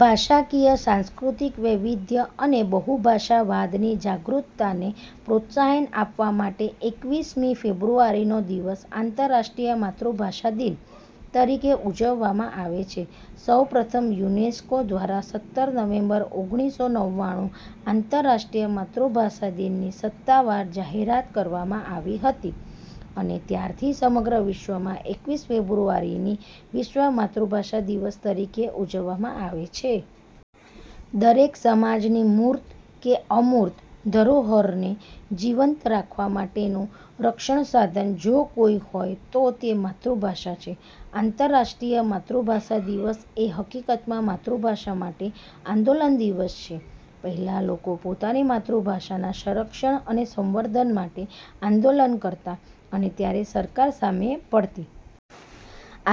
ભાષાકીય, સાંસ્કૃતિક વૈવિધ્ય અને બહુભાષાવાદની જાગૃતતાને પ્રોત્સાહન આપવા માટે એકવીસ મી ફેબ્રુઆરીનો દિવસ "આંતરરાષ્ટ્રીય માતૃભાષા દિન" તરીકે ઊજવવામાં આવે છે. સૌ પ્રથમ યુનેસ્કો દ્વારા સત્તર નવેમ્બર ઓગણીસો નવ્વાણું આંતરરાષ્ટ્રીય માતૃભાષા દિનની સત્તાવાર જાહેરાત કરવામાં આવી હતી અને ત્યારથી સમગ્ર વિશ્વમાં એકવીસ ફેબ્રુઆરીની 'વિશ્વ માતૃભાષા દિવસ' તરીકે ઉજવવામાં આવે છે. દરેક સમાજની મૂર્ત કે અમૂર્ત ધરોહરને જીવંત રાખવા માટેનું સક્ષણ સાધન જો કોઈ હોય તો તે માતૃભાષા છે. આંતરરાષ્ટ્રીય માતૃભાષા દિવસ એ હકીકતમાં માતૃભાષા માટે આંદોલન દિવસ છે. પહેલાં લોકો પોતાની માતૃભાષાના સંરક્ષણ અને સંવર્ધન માટે આંદોલન કરતાં અને ત્યારે સરકાર સામે પડતી.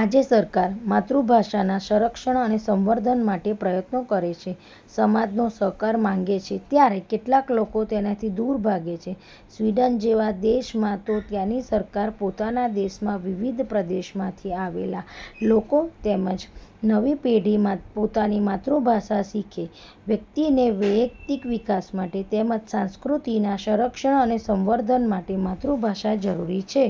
આજે સરકાર માતૃભાષાના સંરક્ષણ અને સંવર્ધન માટે પ્રયત્નો કરે છે. સમાજનો સહકાર માંગે છે ત્યારે કેટલાક લોકો તેનાથી દૂર ભાગે છે. સ્વિડન જેવા દેશમાં તો ત્યાંની સરકાર પોતાના દેશમાં વિવિધ પ્રદેશમાંથી આવેલા લોકો તેમ જ નવી પેઢી પોતાની માતૃભાષા શીખે વ્યક્તિને વેયક્તિક વિકાસ માટે તેમ જ સંસ્કૃતિના સંરક્ષણ અને સંવર્ધન માટે માતૃભાષા જરૂરી છે.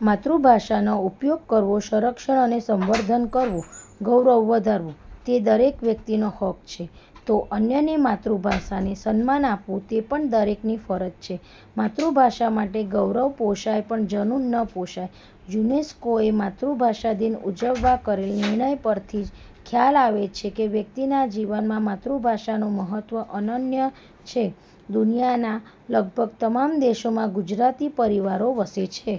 માતૃભાષાનો ઉપયોગ કરવો, સંરક્ષણ અને સંવર્ધન કરવું, ગૌરવ વધારવું તે દરેક વ્યક્તિનો હક્ક છે, તો અન્યની માતૃભાષાને સન્માન આપવું તે પણ દરેકની ફરજ છે. માતૃભાષા માટે ગૌરવ પોષાય, પણ ઝનૂન ન પોષાય. યુનેસ્કોએ માતૃભાષાદિન ઉજવવા કરેલ નિર્ણય પરથી જ ખ્યાલ આવે છે કે, વ્યક્તિના જીવનમાં માતૃભાષાનું મહત્ત્વ અનન્ય છે દુનિયાનાં લગભગ તમામ દેશોમાં ગુજરાતી પરિવારો વસે છે.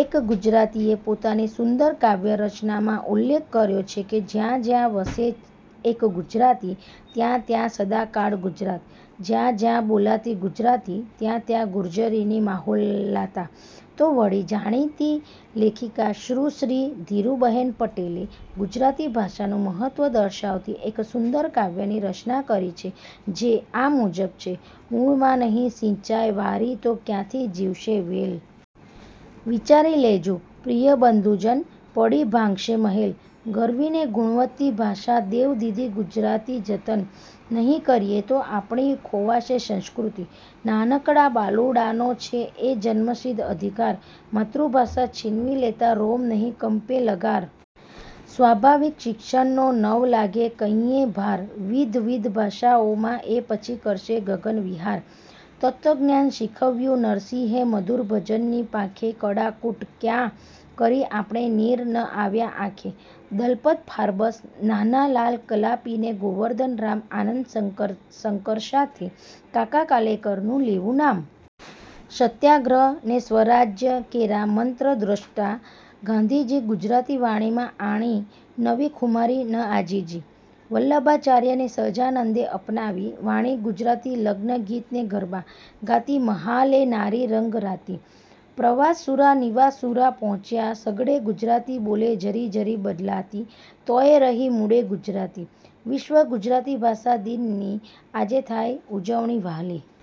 એક ગુજરાતીએ પોતાની સુંદર કાવ્ય રચનામાં ઉલ્લેખ કર્યો છે કે, જ્યાં જ્યાં વસે એક ગુજરાતી, ત્યાં ત્યાં સદાકાળ ગુજરાત.. જ્યાં જ્યાં બોલાતી ગુજરાતી, ત્યાં ત્યાં ગુર્જરીની મહોલાતા! તો વળી, જાણીતી લેખિકા સુશ્રી ધીરુબહેન પટેલે ગુજરાતી ભાષાનું મહત્ત્વ દર્શાવતી એક સુંદર કાવ્યની રચના કરી છે જે આ મુજબ છે: મૂળમાં નહીં સીંચાય વારિ તો ક્યાંથી જીવશે વેલ? વિચારી લેજો પ્રિય બંધુજન પડી ભાંગશે મહેલ, ગરવી ને ગુણવંતી ભાષા દેવ દીધી ગુજરાતી જતન નહીં કરીએ તો આપણી ખોવાશે સંસ્કૃતિ. નાનકડાં બાલુડાંનો છે એ જન્મસિદ્ધ અધિકાર માતૃભાષા છીનવી લેતાં રોમ નહીં કંપે લગાર? સ્વાભાવિક શિક્ષણનો નવ લાગે કંઈયે ભાર વિધવિધ ભાષાઓમાં એ પછી કરશે ગગનવિહાર. તત્ત્વજ્ઞાન શીખવ્યું નરસિંહે મધુર ભજનની પાંખે કડાકૂટ ક્યાં કરી આપણે નીર ન આવ્યાં આંખે. દલપત ફાર્બસ ન્હાનાલાલ કલાપી ને ગોવર્ધનરામ આનંદશંકર સાથે કાકા કાલેલકરનું લેવું નામ. સત્યાગ્રહ ને સ્વરાજ્ય કેરા મંત્રદૃષ્ટા ગાંધીજી ગુજરાતી વાણીમાં આણી નવી ખુમારી ન આજીજી. વલ્લભાચાર્ય ને સહજાનંદે અપનાવી વાણી ગુજરાતી લગ્નગીત ને ગરબા ગાતી મહાલે નારી રંગરાતી. પ્રવાસશૂરા નિવાસશૂરા પહોંચ્યા સઘળે ગુજરાતી બોલી જરી જરી બદલાતી તોયે રહી મૂળે ગુજરાતી. વિશ્વ ગુજરાતી ભાષા દિનની આજે થાય ઉજવણી વહાલી